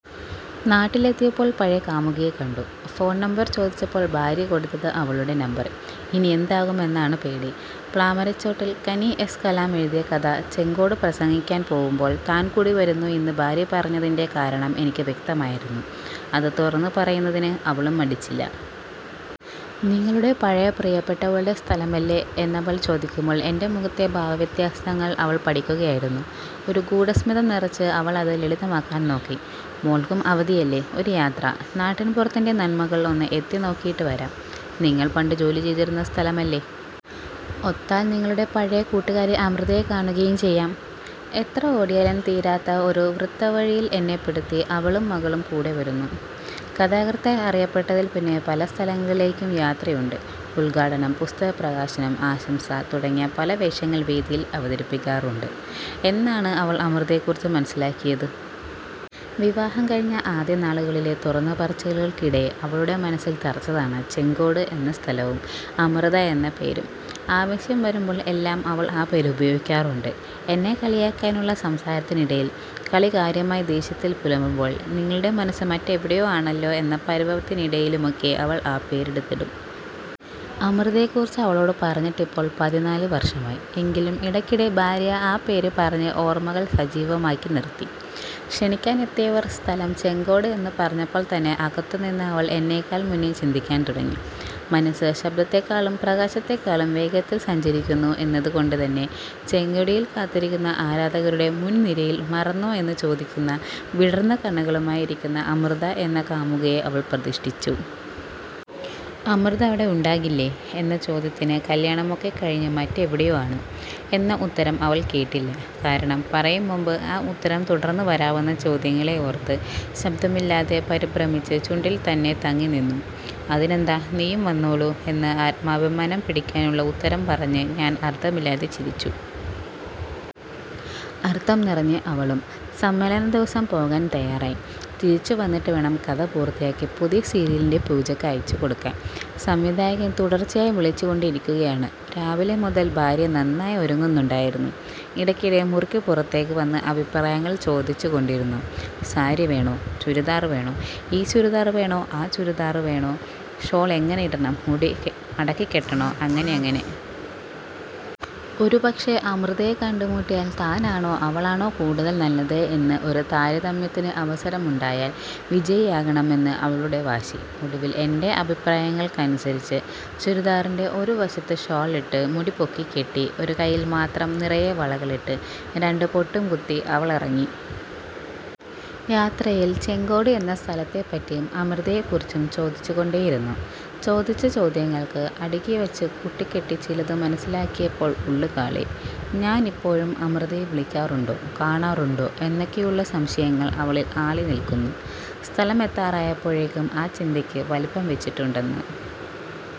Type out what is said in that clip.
നാട്ടിലെത്തിയപ്പോൾ പഴയ കാമുകിയെ കണ്ടു; 'ഫോൺ നമ്പർ ചോദിച്ചപ്പോൾ ഭാര്യ കൊടുത്തത് അവളുടെ നമ്പർ, ഇനിയെന്താകുമെന്നാണ് പേടി' പ്ലാമരച്ചോട്ടിൽ.. കനി എസ് കലാം എഴുതിയ കഥ ചെങ്കോട് പ്രസംഗിക്കാൻ പോകുമ്പോൾ താൻ കൂടി വരുന്നു എന്ന് ഭാര്യ പറഞ്ഞതിന്റെ കാരണം എനിക്ക് വ്യക്തമായിരുന്നു. അത് തുറന്നു പറയുന്നതിന് അവളും മടിച്ചില്ല. 'നിങ്ങളുടെ പഴയ പ്രിയപ്പെട്ടവളുടെ സ്ഥലമല്ലേ' എന്നവൾ ചോദിക്കുമ്പോൾ എന്റെ മുഖത്തെ ഭാവ വ്യത്യാസങ്ങൾ അവൾ പഠിക്കുകയായിരുന്നു. ഒരു ഗൂഢസ്മിതം നിറച്ച് അവൾ അത് ലളിതമാക്കാൻ നോക്കി: "മോൾക്കും അവധിയല്ലേ. ഒരു യാത്ര.. നാട്ടിൻപുറത്തിന്റെ നന്മകൾ ഒന്ന് എത്തി നോക്കിയിട്ട് വരാം. നിങ്ങൾ പണ്ട് ജോലി ചെയ്തിരുന്ന സ്ഥലമല്ലേ. ഒത്താൽ… നിങ്ങളുടെ പഴയ കൂട്ടുകാരി അമൃതയെ കാണുകയും ചെയ്യാം. " എത്ര ഓടിയാലും തീരാത്ത ഒരു വൃത്തവഴിയിൽ എന്നെപ്പെടുത്തി അവളും മകളും കൂടെ വരുന്നു. കഥാകൃത്തായി അറിയപ്പെട്ടതിൽ പിന്നെ പല സ്ഥലങ്ങളിലേക്കും യാത്രയുണ്ട്. ഉദ്ഘാടനം, പുസ്തക പ്രകാശനം, ആശംസ തുടങ്ങിയ പല വേഷങ്ങൾ വേദിയിൽ അവതരിപ്പിക്കാറുണ്ട് എന്നാണ് അവൾ അമൃതയെക്കുറിച്ച് മനസ്സിലാക്കിയത്. വിവാഹം കഴിഞ്ഞ ആദ്യ നാളുകളിലെ തുറന്നു പറച്ചിലുകൾക്കിടെ അവളുടെ മനസ്സിൽ തറച്ചതാണ് ചെങ്കോട് എന്ന സ്ഥലവും അമൃത എന്ന പേരും. ആവശ്യം വരുമ്പോൾ എല്ലാം അവൾ ആ പേര് ഉപയോഗിക്കാറുണ്ട്. എന്നെ കളിയാക്കാനുള്ള സംസാരത്തിനിടയിൽ, കളി കാര്യമായി ദേഷ്യത്തിൽ പുലമ്പുമ്പോൾ, നിങ്ങളുടെ മനസ്സ് മറ്റെവിടെയോ ആണല്ലോ എന്ന പരിഭവത്തിനിടയിലുമൊക്കെ അവൾ ആ പേര് എടുത്തിടും. അമൃതയെക്കുറിച്ച് അവളോട് പറഞ്ഞിട്ട് ഇപ്പോൾ പതിനാല് വർഷമായി. എങ്കിലും ഇടക്കിടെ ഭാര്യ ആ പേര് പറഞ്ഞ് ഓർമകൾ സജീവമാക്കി നിർത്തി. ക്ഷണിക്കാൻ എത്തിയവർ സ്ഥലം ചെങ്കോട് എന്ന് പറഞ്ഞപ്പോൾ തന്നെ അകത്തുനിന്ന അവൾ എന്നെക്കാൾ മുന്നേ ചിന്തിക്കാൻ തുടങ്ങി. മനസ്സ് ശബ്ദത്തേക്കാളും പ്രകാശത്തേക്കാളും വേഗത്തിൽ സഞ്ചരിക്കുന്നു എന്നതുകൊണ്ട് തന്നെ, ചെങ്കോടിൽ കാത്തിരിക്കുന്ന ആരാധകരുടെ മുൻനിരയിൽ, 'മറന്നോ' എന്ന് ചോദിക്കുന്ന വിടർന്ന കണ്ണുകളുമായി ഇരിക്കുന്ന അമൃത എന്ന കാമുകിയെ അവൾ പ്രതിഷ്ഠിച്ചു. 'അമൃത അവിടെ ഉണ്ടാകില്ലേ' എന്ന ചോദ്യത്തിന് കല്യാണമൊക്കെ കഴിഞ്ഞ് മറ്റെവിടെയോ ആണ്' എന്ന ഉത്തരം അവൾ കേട്ടില്ല. കാരണം, പറയും മുമ്പ് ആ ഉത്തരം തുടർന്ന് വരാവുന്ന ചോദ്യങ്ങളെ ഓർത്ത് ശബ്ദം ഇല്ലാതെ പരിഭ്രമിച്ച് ചുണ്ടിൽ തന്നെ തങ്ങിനിന്നു. 'അതിനെന്താ നീയും വന്നോളൂ' എന്ന് ആത്മാഭിമാനം പിടിക്കാനുള്ള ഉത്തരം പറഞ്ഞ് ഞാൻ അർഥമില്ലാതെ ചിരിച്ചു. അർഥം നിറഞ്ഞ് അവളും. സമ്മേളന ദിവസം പോകാൻ തയാറായി. തിരിച്ചു വന്നിട്ട് വേണം കഥ പൂർത്തിയാക്കി പുതിയ സീരിയലിന്റെ പൂജയ്ക്ക് അയച്ചുകൊടുക്കാൻ. സംവിധായകൻ തുടർച്ചയായി വിളിച്ചുകൊണ്ടിരിക്കുകയാണ്. രാവിലെ മുതൽ ഭാര്യ നന്നായി ഒരുങ്ങുന്നുണ്ടായിരുന്നു. ഇടക്കിടെ മുറിക്ക് പുറത്തേക്ക് വന്ന് അഭിപ്രായങ്ങൾ ചോദിച്ചു കൊണ്ടിരുന്നു. 'സാരി വേണോ ചുരിദാർ വേണോ, ഈ ചുരിദാർ ആണോ ആ ചുരിദാർ വേണോ ഷോൾ എങ്ങനെ ഇടണം, മുടി മടക്കി കെട്ടണോ' അങ്ങനെ അങ്ങനെ. ഒരുപക്ഷേ അമൃതയെ കണ്ടുമുട്ടിയാൽ, താനാണോ അവളാണോ കൂടുതൽ നല്ലത് എന്ന് ഒരു താരതമ്യത്തിന് അവസരം ഉണ്ടായാൽ വിജയിയാകണം എന്ന അവളുടെ വാശി. ഒടുവിൽ എന്റെ അഭിപ്രായങ്ങൾക്ക് അനുസരിച്ച് ചുരിദാറിന്റെ ഒരു വശത്ത് ഷാൾ ഇട്ട്, മുടി പൊക്കി കെട്ടി, ഒരു കൈയിൽ മാത്രം നിറയെ വളകളിട്ട്, രണ്ട് പൊട്ടും കുത്തി അവൾ ഇറങ്ങി. യാത്രയിൽ ചെങ്കോട് എന്ന സ്ഥലത്തെപ്പറ്റിയും അമൃതയെക്കുറിച്ചും ചോദിച്ചുകൊണ്ടേയിരുന്നു. ചോദിച്ച ചോദ്യങ്ങൾ അടുക്കിവച്ച് കൂട്ടിക്കെട്ടി ചിലത് മനസ്സിലാക്കിയപ്പോൾ ഉള്ളുകാളി. ഞാനിപ്പോഴും അമൃതയെ വിളിക്കാറുണ്ടോ കാണാറുണ്ടോ എന്നൊക്കെയുള്ള സംശയങ്ങൾ അവളിൽ ആളി നിൽക്കുന്നു. സ്ഥലം എത്താറായപ്പോഴേക്കും ആ ചിന്തയ്ക്ക് വലുപ്പം വച്ചിട്ടുണ്ടെന്ന്